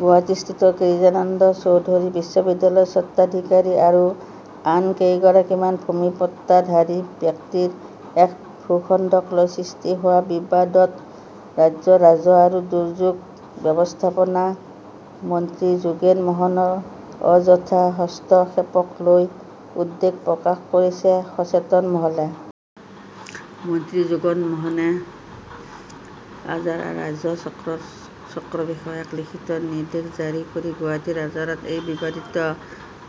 গুৱাহাটীস্থিত গিৰিজানন্দ চৌধুৰী বিশ্ববিদ্যালয়ৰ স্বত্বাধিকাৰী আৰু আন কেইগৰাকীমান ভূমি পট্টাধাৰী ব্যক্তিৰ এক ভূখণ্ডক লৈ সৃষ্টি হোৱা বিবাদত ৰাজ্যৰ ৰাজহ আৰু দুৰ্যোগ ব্যৱস্থাপনা মন্ত্ৰী যোগেন মহনৰ অযথা হস্তক্ষেপক লৈ উদ্বেগ প্ৰকাশ কৰিছে সচেতন মহলে। মন্ত্ৰী যোগেন মোহনে আজাৰা ৰাজহ চক্ৰৰ চক্ৰ বিষয়াক লিখিত নিৰ্দেশ জাৰি কৰি গুৱাহাটীৰ আজাৰাত এই বিবাদিত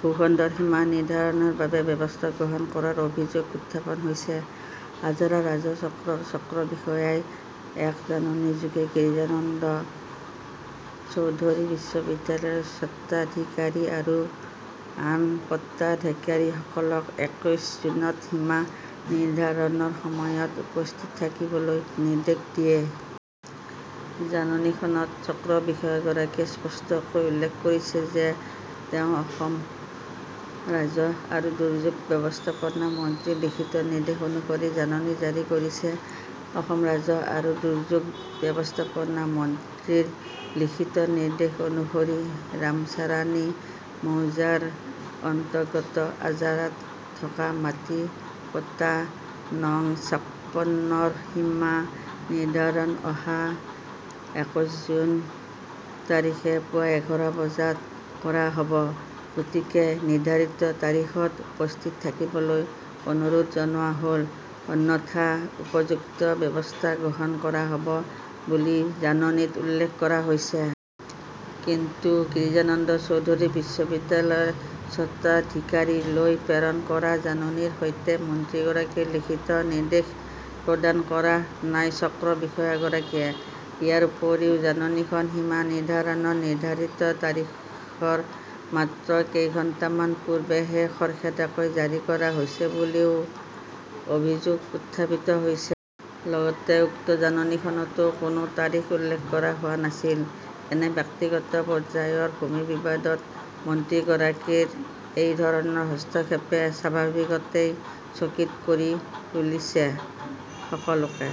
ভূখণ্ডৰ সীমা নিৰ্ধাৰণৰ বাবে ব্যৱস্থা গ্ৰহণ কৰাৰ অভিযোগ উত্থাপন হৈছে। আজাৰা ৰাজহ চক্ৰৰ চক্ৰ বিষয়াই এক জাননীযোগে গিৰিজানন্দ চৌধুৰী বিশ্ববিদ্যালয়ৰ স্বত্বাধিকাৰী আৰু আন পট্টাধাৰীসকলক একৈশ জুনত সীমা নিৰ্ধাৰণৰ সময়ত উপস্থিত থাকিবলৈ নিৰ্দেশ দিয়ে। জাননীখনত চক্ৰ বিষয়াগৰাকীয়ে স্পষ্টকৈ উল্লেখ কৰিছে যে তেওঁ অসম ৰাজহ আৰু দুৰ্যোগ ব্যৱস্থাপনা মন্ত্ৰীৰ লিখিত নিৰ্দেশ অনুসৰি জাননী জাৰি কৰিছে। অসম ৰাজহ আৰু দুৰ্যোগ ব্যৱস্থাপনা মন্ত্ৰীৰ লিখিত নিৰ্দেশ অনুসৰি ৰামছাৰাণী মৌজাৰ অন্তৰ্গত আজাৰাত থকা মাটি পট্টা নং ছাপ্পান্নৰ সীমা নিৰ্ধাৰণ অহা একৈশ জুন তাৰিখে পুৱা এঘাৰ বজাত কৰা হ'ব, গতিকে নিৰ্ধাৰিত তাৰিখত উপস্থিত থাকিবলৈ অনুৰোধ জনোৱা হ'ল, অন্যথা উপযুক্ত ব্যৱস্থা গ্ৰহণ কৰা হ'ব বুলি জাননীত উল্লেখ কৰা হৈছে। কিন্তু গিৰিজানন্দ চৌধুৰী বিশ্ববিদ্যালয়ৰ স্বত্বাধিকাৰীলৈ প্ৰেৰণ কৰা জাননীৰ সৈতে মন্ত্ৰীগৰাকীৰ লিখিত নিৰ্দেশ প্ৰদান কৰা নাই চক্ৰ বিষয়াগৰাকীয়ে। ইয়াৰ উপৰিও জাননীখন সীমা নিৰ্ধাৰণৰ নিৰ্ধাৰিত তাৰিখৰ মাত্ৰ কেইঘণ্টামান পূৰ্বেহে খৰখেদাকৈ জাৰি কৰা হৈছে বুলিও অভিযোগ উত্থাপিত হৈছে। লগতে উক্ত জাননীখনতো কোনো তাৰিখ উল্লেখ কৰা হোৱা নাছিল। এনে ব্যক্তিগত পৰ্যায়ৰ ভূমি বিবাদত মন্ত্ৰীগৰাকীৰ এইধৰণৰ হস্তক্ষেপে স্বাভাৱিকতেই চকিত কৰি তুলিছে সকলোকে।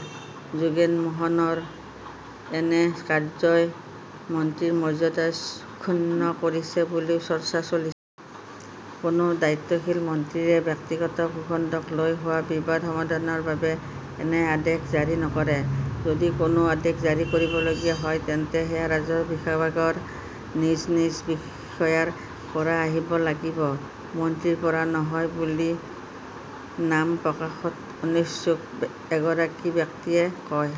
যোগেন মহনৰ এনে কাৰ্যই মন্ত্ৰীৰ মৰ্যাদা ক্ষুণ্ণ কৰিছে বুলিও চৰ্চা চলিছে। কোনো দায়িত্বশীল মন্ত্ৰীয়ে ব্যক্তিগত ভূখণ্ডক লৈ হোৱা বিবাদ সমাধানৰ বাবে এনে আদেশ জাৰি নকৰে, যদি কোনো আদেশ জাৰি কৰিবলগীয়া হয় তেন্তে সেয়া ৰাজহ বিভাগৰ নিজ নিজ বিষয়াৰ পৰা আহিব লাগিব, মন্ত্ৰীৰ পৰা নহয় বুলি নাম প্ৰকাশত অনিচ্ছুক এগৰাকী ব্যক্তিয়ে কয়।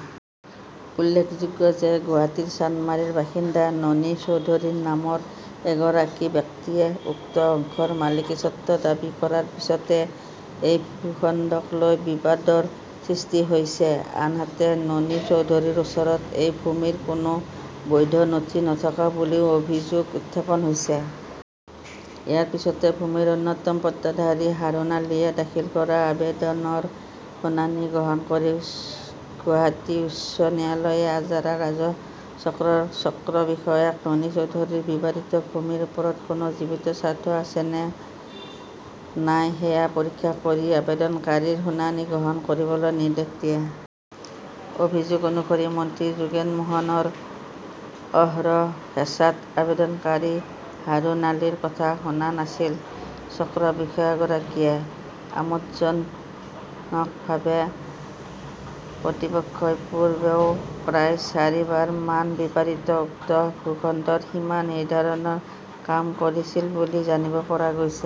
উল্লেখ্য যে গুৱাহাটীৰ চানমাৰীৰ বাসিন্দা ননী চৌধুৰী নামৰ এগৰাকী ব্যক্তিয়ে উক্ত অংশৰ মালিকীস্বত্ব দাবী কৰাৰ পিছতে এই ভূখণ্ডক লৈ বিবাদৰ সৃষ্টি হৈছে। আনহাতে ননী চৌধুৰীৰ ওচৰত এই ভূমিৰ কোনো বৈধ নথি নথকা বুলিও অভিযোগ উত্থাপন হৈছে। ইয়াৰ পিছতে ভূমিৰ অন্যতম পট্টাধাৰী হাৰুণ আলীয়ে দাখিল কৰা আবেদনৰ শুনানি গ্ৰহণ কৰি গুৱাহাটী উচ্চ ন্যায়ালয়ে আজাৰা ৰাজহ চক্ৰৰ চক্ৰ বিষয়াক ননী চৌধুৰীৰ বিবাদিত ভূমিৰ ওপৰত কোনো জীৱিত স্বাৰ্থ আছে নে নাই সেয়া পৰীক্ষা কৰি আবেদনকাৰীৰ শুনানি গ্ৰহণ কৰিবলৈ নিৰ্দেশ দিয়ে। অভিযোগ অনুসৰি মন্ত্ৰী যোগেন মোহনৰ অহৰহ হেঁচাত আবেদনকাৰী হাৰুণ আলীৰ কথা শুনা নাছিল চক্ৰ বিষয়াগৰাকীয়ে। আমোদজনকভাৱে কৰ্তৃপক্ষই পূৰ্বেও প্ৰায় চাৰিবাৰমান বিবাদিত উক্ত ভূখণ্ডৰ সীমা নিৰ্ধাৰণৰ কাম কৰিছিল বুলি জানিব পৰা গৈছে।